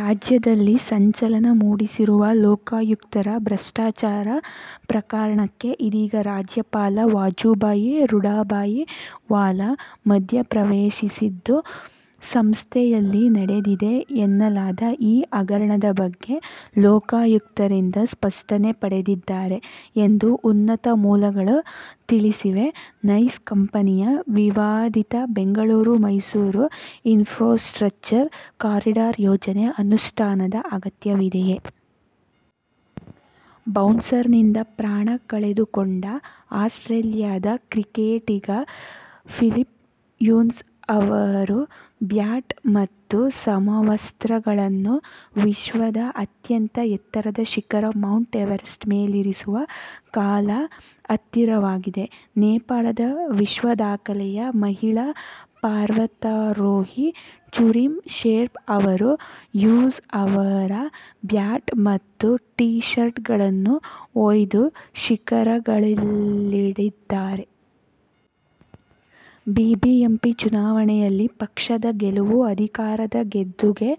ರಾಜ್ಯದಲ್ಲಿ ಸಂಚಲನ ಮೂಡಿಸಿರುವ ಲೋಕಾಯುಕ್ತರ ಭ್ರಷ್ಟಾಚಾರ ಪ್ರಕರಣಕ್ಕೆ ಇದೀಗ ರಾಜ್ಯಪಾಲ ವಜುಭಾಯಿ ರೂಢಬಾಯಿ ವಾಲಾ ಮಧ್ಯಪ್ರವೇಶಿಸಿದ್ದು, ಸಂಸ್ಥೆಯಲ್ಲಿ ನಡೆದಿದೆ ಎನ್ನಲಾದ ಈ ಹಗರಣದ ಬಗ್ಗೆ ಲೋಕಾಯುಕ್ತರಿಂದ ಸ್ಪಷ್ಟನೆ ಪಡೆದಿದ್ದಾರೆ ಎಂದು ಉನ್ನತ ಮೂಲಗಳು ತಿಳಿಸಿವೆ. ನೈಸ್ ಕಂಪನಿಯ ವಿವಾದಿತ "ಬೆಂಗಳೂರು-ಮೈಸೂರು ಇನ್ಫ್ರಾಸ್ಟ್ರಕ್ಚರ್ ಕಾರಿಡಾರ್ ಯೋಜನೆ' ಅನುಷ್ಟಾನದ ಅಗತ್ಯವಿದೆಯೇ? ಬೌನ್ಸರ್ನಿಂದ ಪ್ರಾಣ ಕಳೆದುಕೊಂಡ ಆಸ್ಟ್ರೇಲಿಯದ ಕ್ರಿಕೆಟಿಗ ಫಿಲಿಪ್ ಹ್ಯೂಸ್ ಅವರ ಬ್ಯಾಟ್ ಮತ್ತು ಸಮವಸ್ತ್ರಗಳನ್ನು ವಿಶ್ವದ ಅತ್ಯಂತ ಎತ್ತರದ ಶಿಖರ ಮೌಂಟ್ ಎವರೆಸ್ಟ್ ಮೇಲಿರಿಸುವ ಕಾಲ ಹತ್ತಿರವಾಗಿದೆ. ನೇಪಾಳದ ವಿಶ್ವದಾಖಲೆಯ ಮಹಿಳಾ ಪರ್ವತಾರೋಹಿ ಚೂರಿಮ್ ಶೆರ್ಪಾ ಅವರು ಹ್ಯೂಸ್ ಅವರ ಬ್ಯಾಟ್ ಮತ್ತು ಟೀ-ಶರ್ಟ್ಗಳನ್ನು ಒಯ್ದು ಶಿಖರಾಗ್ರದಲ್ಲಿಡಲಿದ್ದಾರೆ. ಬಿಬಿಎಂಪಿ ಚುನಾವಣೆಯಲ್ಲಿನ ಪಕ್ಷದ ಗೆಲುವು ಅಧಿಕಾರದ ಗದ್ದುಗೆ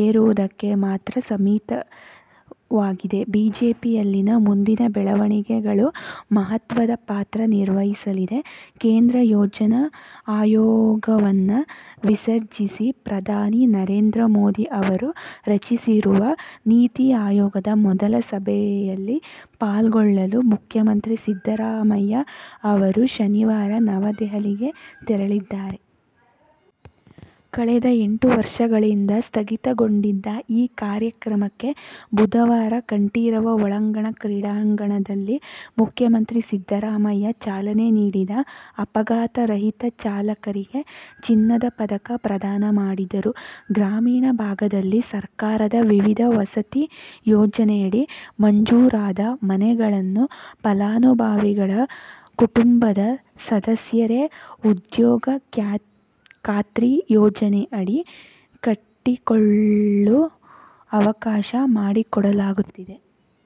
ಏರುವುದಕ್ಕೆ ಮಾತ್ರ ಸೀಮಿತವಾಗದೆ ಬಿಜೆಪಿಯಲ್ಲಿನ ಮುಂದಿನ ಬೆಳವಣಿಗೆಗಳಲ್ಲೂ ಮಹತ್ವದ ಪಾತ್ರ ನಿರ್ವಹಿಸಲಿದೆ. ಕೇಂದ್ರ ಯೋಜನಾ ಆಯೋಗವನ್ನು ವಿಸರ್ಜಿಸಿ ಪ್ರಧಾನಿ ನರೇಂದ್ರ ಮೋದಿ ಅವರು ರಚಿಸಿರುವ ನೀತಿ ಆಯೋಗದ ಮೊದಲ ಸಭೆಯಲ್ಲಿ ಪಾಲ್ಗೊಳ್ಳಲು ಮುಖ್ಯಮಂತ್ರಿ ಸಿದ್ದರಾಮಯ್ಯ ಅವರು ಶನಿವಾರ ನವದೆಹಲಿಗೆ ತೆರಳಲಿದ್ದಾರೆ. ಕಳೆದ ಎಂಟು ವರ್ಷಗಳಿಂದ ಸ್ಥಗಿತಗೊಂಡಿದ್ದ ಈ ಕಾಯಕ್ರಮಕ್ಕೆ ಬುಧವಾರ ಕಂಠೀರವ ಒಳಾಂಗಣ ಕ್ರೀಡಾಂಗಣದಲ್ಲಿ ಮುಖ್ಯಮಂತ್ರಿ ಸಿದ್ದರಾಮಯ್ಯ ಚಾಲನೆ ನೀಡಿದ ಅಪಘಾತ ರಹಿತ ಚಾಲಕರಿಗೆ ಚಿನ್ನದ ಪದಕ ಪ್ರದಾನ ಮಾಡಿದರು. ಗ್ರಾಮೀಣ ಭಾಗದಲ್ಲಿ ಸರ್ಕಾರದ ವಿವಿಧ ವಸತಿ ಯೋಜನೆಯಡಿ ಮಂಜೂರಾದ ಮನೆಗಳನ್ನು ಫಲಾನುಭವಿಗಳ ಕುಟುಂಬದ ಸದಸ್ಯರೇ ಉದ್ಯೋಗ ಖಾತ್ರಿ ಯೋಜನೆಯಡಿ ಕಟ್ಟಿಕೊಳ್ಳಲು ಅವಕಾಶ ಮಾಡಿಕೊಡಲಾಗುತ್ತಿದೆ.